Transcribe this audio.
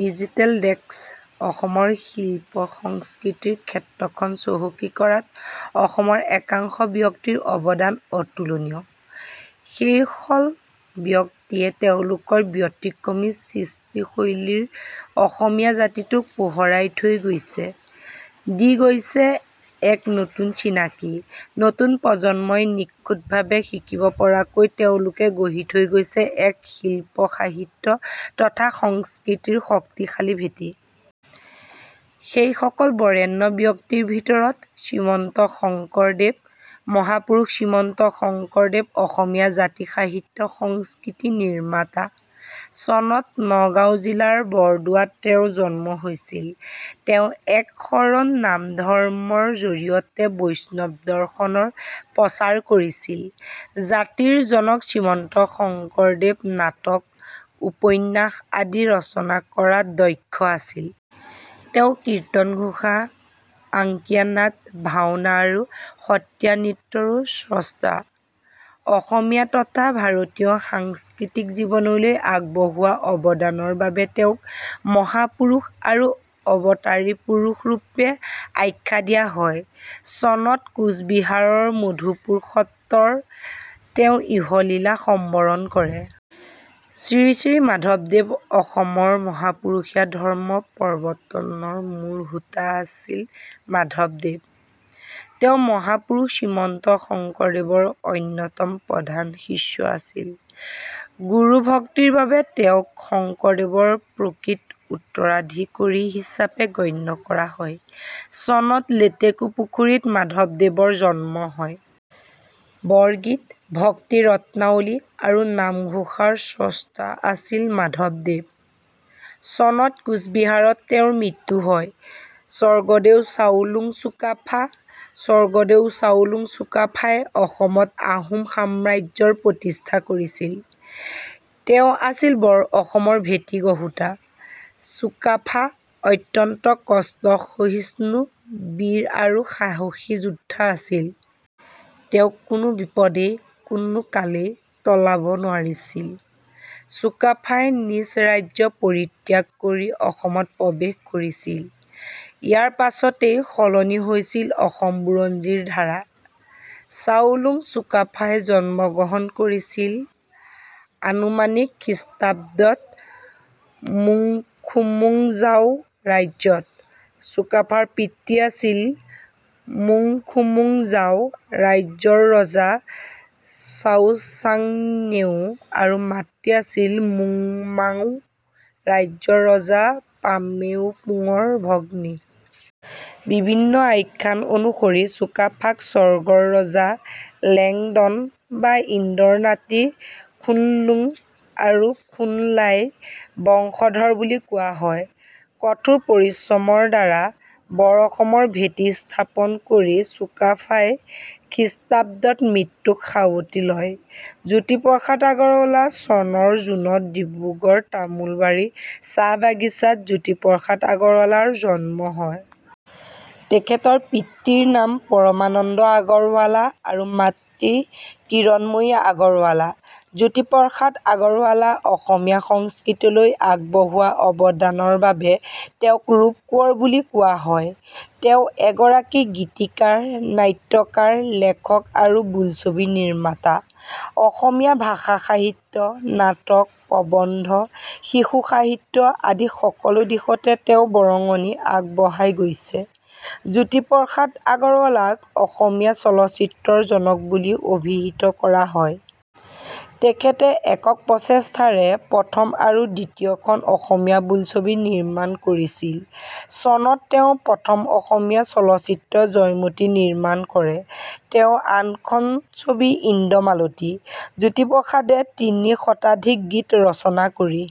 Digital desk, অসমৰ শিল্প-সংস্কৃতিৰ ক্ষেত্ৰখন চহকী কৰাত অসমৰ একাংশ ব্যক্তিৰ অৱদান অতুলনীয়। সেইসল ব্যক্তিয়ে তেওঁলোকৰ ব্যতিক্ৰমী সৃষ্টীশৈলীৰে অসমীয়া জাতিটোক পোহৰাই থৈ গৈছে, দি গৈছে এক নতুন চিনাকি। নতুন প্ৰজন্মই নিখুঁট ভাৱে শিকিব পৰাকৈ তেওঁলোকে গঢ়ি থৈ গৈছে এক শিল্প-সাহিত্য তথা সংস্কৃতিৰ শক্তিশালী ভেঁটি। সেইসকল বৰেণ্য ব্যক্তিৰ ভিতৰত- শ্ৰীমন্ত শংকৰদেৱ মহাপুৰুষ শ্ৰীমন্ত শংকৰদেৱ অসমীয়া জাতি-সাহিত্য-সংস্কৃতি নিৰ্মাতা। চনত নগাঁও জিলাৰ বৰদোৱাত তেওঁৰ জন্ম হৈছিল। তেওঁ একশৰণ নাম-ধৰ্মৰ জৰিয়তে বৈষ্ণৱী দৰ্শনৰ প্ৰচাৰ কৰিছিল। জাতিৰ জনক শ্ৰীমন্ত শংকদেৱ নাটক, উপন্যাস আদি ৰচনা কৰাত দক্ষ আছিল। তেওঁ কীৰ্তন ঘোষা, আংকীয়া নাট, ভাওনা আৰু সত্ৰীয়া নৃত্যৰো স্ৰষ্টা। অসমীয়া তথা ভাৰতীয় সাংস্কৃতিক জীৱনলৈ আগবঢ়োৱা অৱদানৰ বাবে তেওঁক 'মহাপুৰুষ' আৰু 'অৱতাৰী পুৰুষ'ৰূপে আখ্যা দিয়া হয়। চনত কোচবিহাৰৰ মধুপুৰ সত্ৰৰ তেওঁ ইহলীলা সম্বৰণ কৰে। শ্ৰী শ্ৰী মাধৱদেৱ অসমৰ মহাপুৰুষীয়া ধৰ্ম প্ৰৱৰ্তনৰ মূল হোতা আছিল মাধৱদেৱ। তেওঁ মহাপুৰুষ শ্ৰীমন্ত শংকৰদেৱৰ অন্যতম প্ৰধান শিষ্য আছিল। গুৰু ভক্তিৰ বাবে তেওঁক শংকৰদেৱৰ প্ৰকৃত উত্তৰাধিকৰী হিচাপে গণ্য কৰা হয়। চনত লেতেকুপুখুৰীত মাধৱদেৱৰ জন্ম হয়। বৰগীত, ভক্তি ৰত্নাৱলী আৰু নামঘোষাৰ স্ৰষ্টা আছিল মাধৱদেৱ। চনত কোচবিহাৰত তেওঁৰ মৃত্যু হয়। স্বৰ্গদেউ চাওলুং চুকাফা স্বৰ্গদেউ চাওলুং চুকাফাই অসমত আহোম সাম্ৰাজ্যৰ প্ৰতিষ্ঠা কৰিছিল। তেওঁ আছিল বৰ অসমৰ ভেঁটি গঢ়োতা। চুকাফা অত্যন্ত কষ্টসহিষ্ণু, বীৰ আৰু সাহসী যোদ্ধা আছিল। তেওঁক কোনো বিপদেই কোনো কালেই টলাব নোৱাৰিছিল। চুকাফাই নিজ ৰাজ্য পৰিত্যাগ কৰি অসমত প্ৰৱেশ কৰিছিল। ইয়াৰ পাছতেই সলনি হৈছিল অসম বুৰঞ্জীৰ ধাৰা। চাওলুং চুকাফাই জন্মগ্ৰহণ কৰিছিল আনুমানিক খ্ৰীষ্টাব্দত মুংখুমুংজাও ৰাজ্যত। চুকাফাৰ পিতৃ আছিল মুংখুমুংজাও ৰাজ্যৰ ৰজা চাওচাংন্যেও আৰু মাতৃ আছিল মুংমাও ৰাজ্যৰ ৰজা পামেওপুংৰ ভগ্নী। বিভিন্ন আখ্যান অনুসৰি চুকাফাক স্বৰ্গৰ ৰজা লেংডন বা ইন্দ্ৰৰ নাতি খুনলুং আৰু খুনলাইৰ বংশধৰ বুলি কোৱা হয়। কঠোৰ পৰিশ্ৰমৰ দ্বাৰা বৰঅসমৰ ভেঁটি স্থাপন কৰি চুকাফাই খ্ৰীষ্টাব্দত মৃত্যুক সাৱটি লয়। জ্যোতিপ্ৰসাদ আগৰৱালা চনৰ জুনত ডিব্ৰুগড়ৰ তামোলবাৰী চাহ বাগিছাত জ্যোতিপ্ৰসাদ আগৰৱালাৰ জন্ম হয়। তেখেতৰ পিতৃৰ নাম পৰমানন্দ আগৰৱালা আৰু মাতৃ কিৰণময়ী আগৰৱালা। জ্যোতিপ্ৰসাদ আগৰৱালাই অসমীয়া সংস্কৃতিলৈ আগবঢ়োৱা অৱদানৰ বাবে তেওঁক ৰূপকোঁৱৰ বুলি কোৱা হয়। তেওঁ এগৰাকী গীতিকাৰ, নাট্যকাৰ, লেখক আৰু বোলছবি নিৰ্মাতা। অসমীয়া ভাষা-সাহিত্য, নাটক, প্ৰবন্ধ, শিশু সাহিত্য আদি সকলো দিশতে তেওঁ বৰঙণি আগবঢ়াই গৈছে৷ জ্যোতিপ্ৰসাদ আগৰৱালাক অসমীয়া চলচ্চিত্ৰৰ জনক বুলি অভিহিত কৰা হয়। তেখেতে একক প্ৰচেষ্টাৰে প্ৰথম আৰু দ্বিতীয়খন অসমীয়া বোলছবি নিৰ্মাণ কৰিছিল। চনত তেওঁ প্ৰথম অসমীয়া চলচ্চিত্ৰ জয়মতী নিৰ্মাণ কৰে। তেওঁৰ আনখন ছবি ইন্দ্ৰমালতী। জ্যোতিপ্ৰসাদে তিনি শতাধিক গীত ৰচনা কৰি